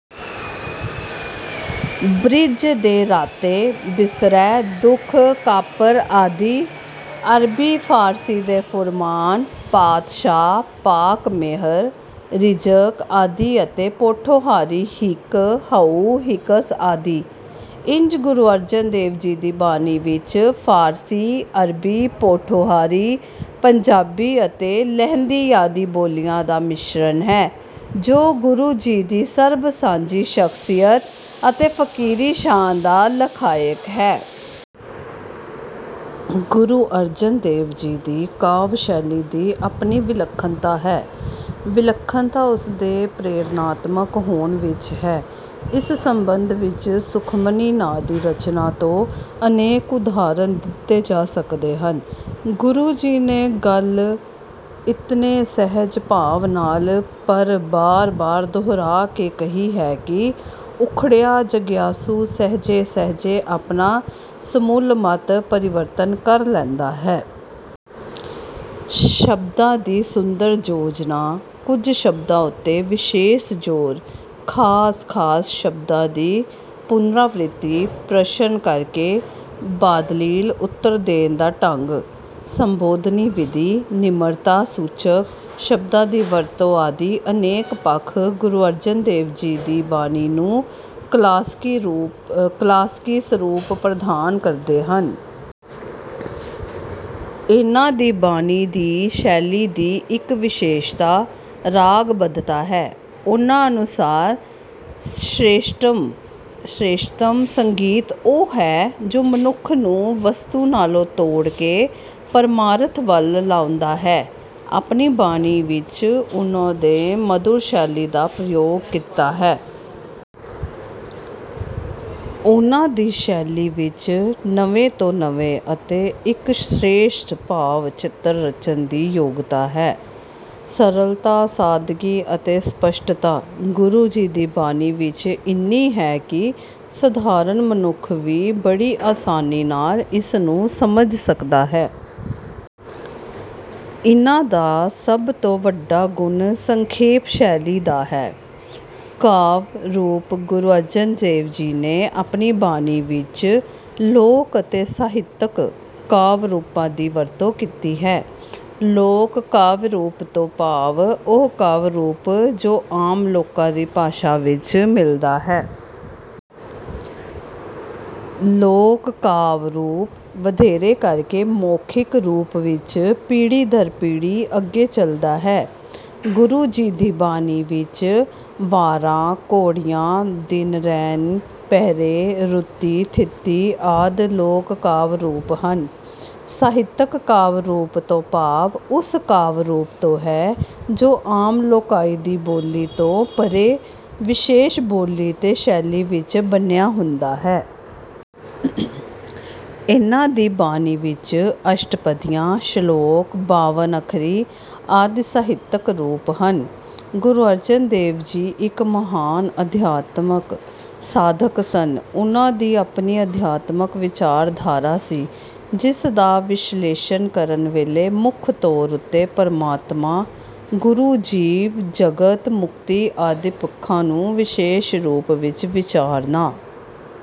Bridge ਦੇ ਰਾਤੇ, ਬਿਸਰੈ, ਦੂਖ, ਕਾਪਰ ਆਦਿ। ਅਰਬੀ ਫ਼ਾਰਸੀ ਦੇ ਫੁਰਮਾਨ, ਪਾਤਸ਼ਾਹ, ਪਾਕ, ਮਿਹਰ, ਰਿਜ਼ਕ ਆਦਿ ਅਤੇ ਪੋਠੋਹਾਰੀ ਹਿਕ, ਹਉ, ਹਿਕਸ ਆਦਿ। ਇੰਝ ਗੁਰੂ ਅਰਜਨ ਦੇਵ ਜੀ ਦੀ ਬਾਣੀ ਵਿੱਚ ਫ਼ਾਰਸੀ, ਅਰਬੀ, ਪੋਠੋਹਾਰੀ, ਪੰਜਾਬੀ ਅਤੇ ਲਹਿੰਦੀ ਆਦਿ ਬੋਲੀਆਂ ਦਾ ਮਿਸ਼ਰਨ ਹੈ ਜੋ ਗੁਰੂ ਜੀ ਦੀ ਸਰਬ ਸਾਂਝੀ ਸ਼ਖ਼ਸੀਅਤ ਅਤੇ ਫ਼ਕੀਰੀ ਸ਼ਾਨ ਦਾ ਲਖਾਇਕ ਹੈ। ਗੁਰੂ ਅਰਜਨ ਦੇਵ ਜੀ ਦੀ ਕਾਵਿ ਸ਼ੈਲੀ ਦੀ ਆਪਣੀ ਵਿਲੱਖਣਤਾ ਹੈ। ਵਿਲੱਖਣਤਾ ਉਸਦੇ ਪ੍ਰੇਰਣਾਤਮਕ ਹੋਣ ਵਿੱਚ ਹੈ। ਇਸ ਸਬੰਧ ਵਿੱਚ ਸੁਖਮਨੀ ਨਾਂ ਦੀ ਰਚਨਾ ਤੋਂ ਅਨੇਕ ਉਦਾਹਰਨ ਦਿੱਤੇ ਜਾ ਸਕਦੇ ਹਨ। ਗੁਰੂ ਜੀ ਨੇ ਗੱਲ ਇਤਨੇ ਸਹਿਜ ਭਾਵ ਨਾਲ ਪਰ ਬਾਰ ਬਾਰ ਦੋਹਰਾ ਕੇ ਕਹੀ ਹੈ ਕਿ ਉਖੜਿਆ ਜਗਿਆਸੂ ਸਹਿਜੇ ਸਹਿਜੇ ਆਪਣਾ ਸਮੂਲ ਮਤ ਪਰਿਵਰਤਨ ਕਰ ਲੈਂਦਾ ਹੈ। ਸ਼ਬਦਾਂ ਦੀ ਸੁੰਦਰ ਯੋਜਨਾ, ਕੁਝ ਸ਼ਬਦਾਂ ਉੱਤੇ ਵਿਸ਼ੇਸ਼ ਜ਼ੋਰ, ਖਾਸ ਖਾਸ ਸ਼ਬਦਾਂ ਦੀ ਪੁਨਰਾਵ੍ਰਿਤੀ, ਪ੍ਰਸ਼ਨ ਕਰਕੇ ਬਾਦਲੀਲ ਉਤਰ ਦੇਣ ਦਾ ਢੰਗ, ਸੰਬੋਧਨੀ ਵਿਧੀ, ਨਿਮਰਤਾ ਸੂਚਕ ਸ਼ਬਦਾਂ ਦੀ ਵਰਤੋਂ ਆਦਿ ਅਨੇਕ ਪੱਖ ਗੁਰੂ ਅਰਜਨ ਦੀ ਬਾਣੀ ਨੂੰ ਕਲਾਸਕੀ ਸਰੂਪ ਪ੍ਰਦਾਨ ਕਰਦੇ ਹਨ। ਇਨ੍ਹਾਂ ਦੀ ਬਾਣੀ ਦੀ ਸ਼ੈਲੀ ਦੀ ਇੱਕ ਵਿਸ਼ੇਸ਼ਤਾ ਰਾਗ ਬੱਧਤਾ ਹੈ। ਉਨ੍ਹਾਂ ਅਨੁਸਾਰ ਸ੍ਰੇਸ਼ਟਤਮ ਸੰਗੀਤ ਉਹ ਹੈ ਜੋ ਮਨੁੱਖ ਨੂੰ ਵਸਤੂ ਨਾਲੋਂ ਤੋੜ ਕੇ ਪਰਮਾਰਥ ਵੱਲ ਲਾਉਂਦਾ ਹੈ। ਆਪਣੀ ਬਾਣੀ ਵਿੱਚ ਉਨ੍ਹਾਂ ਨੇ ਮਧੁਰ ਸ਼ੈਲੀ ਦਾ ਪ੍ਰਯੋਗ ਕੀਤਾ ਹੈ। ਉਨ੍ਹਾਂ ਦੀ ਸ਼ੈਲੀ ਵਿੱਚ ਨਵੇਂ ਤੋਂ ਨਵੇਂ ਅਤੇ ਇੱਕ ਸ਼੍ਰੇਸਟ ਭਾਵ ਚਿੱਤਰ ਰਚਣ ਦੀ ਯੋਗਤਾ ਹੈ। ਸਰਲਤਾ, ਸਾਦਗੀ ਅਤੇ ਸਪਸ਼ਟਤਾ ਗੁਰੂ ਜੀ ਦੀ ਬਾਣੀ ਵਿੱਚ ਇੰਨੀ ਹੈ ਕਿ ਸਧਾਰਨ ਮਨੁੱਖ ਵੀ ਬੜੀ ਆਸਾਨੀ ਨਾਲ ਇਸ ਨੂੰ ਸਮਝ ਸਕਦਾ ਹੈ। ਇਨ੍ਹਾਂ ਦਾ ਸਭ ਤੋਂ ਵੱਡਾ ਗੁਣ ਸੰਖੇਪ ਸ਼ੈਲੀ ਦਾ ਹੈ। ਕਾਵਿ ਰੂਪ: ਗੁਰੂ ਅਰਜਨ ਦੇਵ ਜੀ ਨੇ ਆਪਣੀ ਬਾਣੀ ਵਿੱਚ ਲੋਕ ਅਤੇ ਸਾਹਿਤਕ ਕਾਵਿ ਰੂਪਾਂ ਦੀ ਵਰਤੋਂ ਕੀਤੀ ਹੈ। ਲੋਕ ਕਾਵਿ ਰੂਪ ਤੋਂ ਭਾਵ ਉਹ ਕਾਵਿ ਰੂਪ ਜੋ ਆਮ ਲੋਕਾਂ ਦੀ ਭਾਸ਼ਾ ਵਿੱਚ ਮਿਲਦਾ ਹੈ। ਲੋਕ ਕਾਵਿ ਰੂਪ ਵਧੇਰੇ ਕਰਕੇ ਮੌਖਿਕ ਰੂਪ ਵਿੱਚ ਪੀੜ੍ਹੀ ਦਰ ਪੀੜ੍ਹੀ ਅੱਗੇ ਚਲਦਾ ਹੈ। ਗੁਰੂ ਜੀ ਦੀ ਬਾਣੀ ਵਿੱਚ ਵਾਰਾਂ, ਘੋੜੀਆਂ, ਦਿਨ ਰੈਣਿ, ਪਹਿਰੇ, ਰੁਤੀ, ਥਿਤੀ ਆਦਿ ਲੋਕ ਕਾਵਿ ਰੂਪ ਹਨ। ਸਾਹਿਤਕ ਕਾਵਿ ਰੂਪ ਤੋਂ ਭਾਵ ਉਸ ਕਾਵਿ ਰੂਪ ਤੋਂ ਹੈ ਜੋ ਆਮ ਲੋਕਾਈ ਦੀ ਬੋਲੀ ਤੋਂ ਪਰ੍ਹੇ ਵਿਸ਼ੇਸ਼ ਬੋਲੀ ਤੇ ਸ਼ੈਲੀ ਵਿੱਚ ਬੰਨ੍ਹਿਆ ਹੁੰਦਾ ਹੈ। ਇਨ੍ਹਾਂ ਦੀ ਬਾਣੀ ਵਿੱਚ ਅਸ਼ਟਪਦੀਆਂ, ਸ਼ਲੋਕ, ਬਾਵਨ ਅੱਖਰੀ ਆਦਿ ਸਾਹਿਤਕ ਰੂਪ ਹਨ। ਗੁਰੂ ਅਰਜਨ ਦੇਵ ਜੀ ਇੱਕ ਮਹਾਨ ਅਧਿਆਤਮਕ ਸਾਧਕ ਸਨ। ਉਨ੍ਹਾਂ ਦੀ ਆਪਣੀ ਅਧਿਆਤਮਕ ਵਿਚਾਰਧਾਰਾ ਸੀ ਜਿਸ ਦਾ ਵਿਸ਼ਲੇਸ਼ਣ ਕਰਨ ਵੇਲੇ ਮੁੱਖ ਤੌਰ ਉੱਤੇ ਪਰਮਾਤਮਾ, ਗੁਰੂ, ਜੀਵ, ਜਗਤ, ਮੁਕਤੀ ਆਦਿ ਪੱਖਾਂ ਨੂੰ ਵਿਸ਼ੇਸ਼ ਰੂਪ ਵਿੱਚ ਵਿਚਾਰਨਾ...